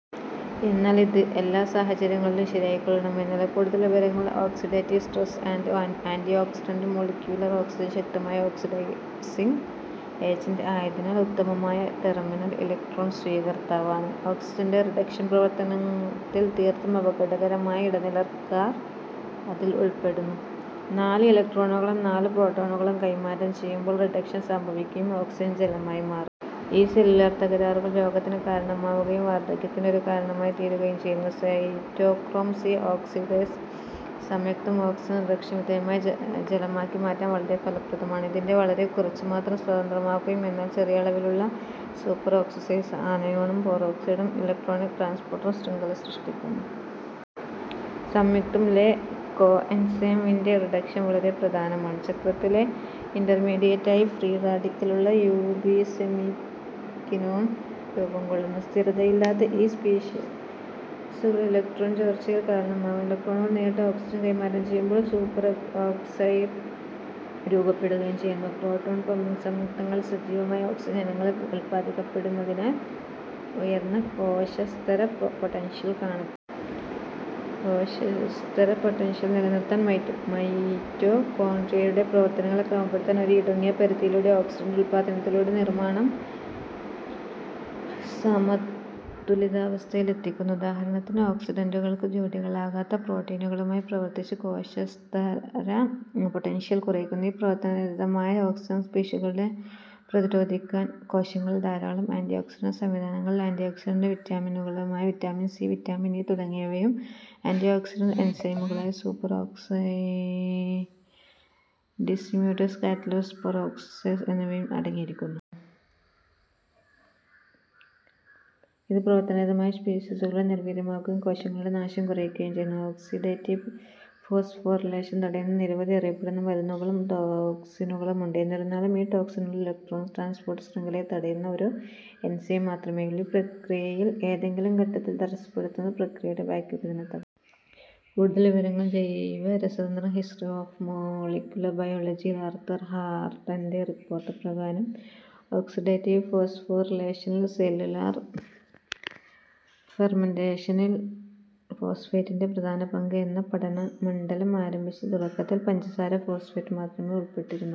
എന്നാൽ ഇത് എല്ലാ സാഹചര്യങ്ങളിലും ശരിയായിക്കൊള്ളണമെന്നില്ല. കൂടുതൽ വിവരങ്ങൾ: oxidative stress and antioxidant molecular oxygen ശക്തമായ ഓക്സിഡൈസിങ് ഏജന്റ് ആയതിനാൽ ഉത്തമമായ ടെർമിനൽ ഇലക്ട്രോൺ സ്വീകർത്താവാണ്. ഓക്സിജൻറെ റിഡക്ഷൻ പ്രവർത്തനത്തിൽ തീർത്തും അപകടകരമായ ഇടനിലക്കാർ അതിൽ ഉൾപ്പെടുന്നു. നാല് ഇലക്ട്രോണുകളും നാല് പ്രോട്ടോണുകളും കൈമാറ്റം ചെയ്യുമ്പോൾ റിഡക്ഷൻ സംഭവിക്കുകയും ഓക്സിജൻ ജലമായി മാറുന്നു. ഈ സെല്ലുലാർ തകരാറുകൾ രോഗത്തിന് കാരണമാവുകയും, വാർധക്യത്തിന്റെ ഒരു കാരണമായി തീരുകയും ചെയ്യുന്നു. സൈറ്റോക്രോം സി ഓക്സിഡേസ് സംയുക്തം ഓക്സിജൻ റിഡക്ഷന് വിധേയമായി ജലമാക്കി മാറ്റാൻ വളരെ ഫലപ്രദമാണ്. ഇതിൻറെ വളരെക്കുറച്ചു മാത്രം സ്വതന്ത്രമാകുകയും എന്നാൽ ചെറിയ അളവിലുള്ള സൂപ്പർ ഓക്സൈഡ് ആനയോണും പെറോക്സൈഡും ഇലക്ട്രോൺ ട്രാൻസ്പോർട്ട് ശൃംഖല സൃഷ്ടിക്കുന്നു. സംയുക്തം ലെ കോഎൻസൈം വിൻറെ റിഡക്ഷൻ വളരെ പ്രധാനമാണ്. ചക്രത്തിലെ ഇൻറർമീഡിയേറ്റ് ആയി ഫ്രീ റാഡിക്കലുള്ള യൂബിസെമിക്വിനോൺ രൂപംകൊള്ളുന്നു. സ്ഥിരതയില്ലാത്ത ഈ സ്പീഷീസുകൾ ഇലക്ട്രോൺ ചോർച്ചയ്ക്ക് കാരണമാകുന്നു. ഇലക്ട്രോണുകൾ നേരിട്ട് ഓക്സിജന് കൈമാറ്റം ചെയ്യുമ്പോൾ സൂപ്പർ ഓക്സൈഡ് രൂപപ്പെടുകയും ചെയ്യുന്നു. പ്രോട്ടോൺ-പമ്പിംഗ് സംയുക്തങ്ങളിൽ സജീവമായ ഓക്സിജൻ ഇനങ്ങൾ ഉത്പാദിപ്പിക്കപ്പെടുന്നതിനാൽ, ഉയർന്ന കോശസ്തര പൊട്ടൻഷ്യൽ കാണപ്പെടുന്നു. കോശസ്തര പൊട്ടൻഷ്യൽ നിലനിർത്താൻ മൈറ്റോകോൺട്രിയയുടെ പ്രവർത്തനങ്ങളെ ക്രമപ്പെടുത്താൻ ഒരു ഇടുങ്ങിയ പരിധിയിലൂടെ ഓക്സിഡൻറ് ഉത്പാദനത്തിലൂടെ നിർമ്മാണം സമതുലിതാവസ്ഥയിലെത്തിക്കുന്നു. ഉദാഹരണത്തിന്, ഓക്സിഡൻറുകൾക്ക് ജോഡികളാകാത്ത പ്രോട്ടീനുകളുമായി പ്രവർത്തിച്ച് കോശസ്തര പൊട്ടൻഷ്യൽ കുറയ്ക്കുന്നു. ഈ പ്രവർത്തനനിരതമായ ഓക്സിജൻ സ്പീഷീസുകളെ പ്രതിരോധിക്കാൻ കോശങ്ങളിൽ ധാരാളം ആന്റിഓക്സിഡന്റ് സംവിധാനങ്ങളിൽ ആൻറിഓക്സിഡന്റ് വിറ്റാമിൻനുകളായ വിറ്റാമിൻ സി, വിറ്റാമിൻ ഇ, തുടങ്ങിയവയും ആൻറിഓക്സിഡന്റ് എൻസൈമുകളായ super oxide dismutase, catalase, peroxidase എന്നിവയും അടങ്ങിയിരിക്കുന്നു. ഇത് പ്രവർത്തനനിരതമായ സ്പീഷീസുകളെ നിർവീര്യമാക്കുകയും കോശങ്ങളുടെ നാശം കുറയ്ക്കുകയും ചെയ്യുന്നു. ഓക്സിഡേറ്റീവ് ഫോസ്ഫോറിലേഷൻ തടയുന്ന നിരവധി അറിയപ്പെടുന്ന മരുന്നുകളും ടോക്സിനുകളും ഉണ്ട്. എന്നിരുന്നാലും ഈ ടോക്സിനുകളിൽ ഇലക്ട്രോൺ ട്രാൻസ്പോർട്ട് ശൃംഖലയെ തടയുന്ന ഒരു എൻസൈം മാത്രമേയുള്ളൂ. ഈ പ്രക്രിയയിൽ ഏതെങ്കിലും ഘട്ടത്തിൽ തടസ്സപ്പെടുത്തുന്നത് പ്രക്രിയയുടെ ബാക്കിയുള്ളതിനെ തടയുന്നു. കൂടുതൽ വിവരങ്ങൾ: ജൈവരസതന്ത്രം, ഹിസ്റ്ററി ഓഫ് മോളികുലർ ബയോളജി ൽ ആർതർ ഹാർഡൻറെ റിപ്പോർട്ട് പ്രകാരം ഓക്സിഡേറ്റീവ് ഫോസ്ഫോറിലേഷനിൽ സെല്ലുലാർ ഫെർമെന്റേഷനിൽ ഫോസ്ഫേറ്റിന്റെ പ്രധാന പങ്ക് എന്ന പഠനമണ്ഡലം ആരംഭിച്ചു. തുടക്കത്തിൽ പഞ്ചസാര ഫോസ്ഫേറ്റ് മാത്രമേ ഉൾപ്പെട്ടിരുന്നുള്ളൂ.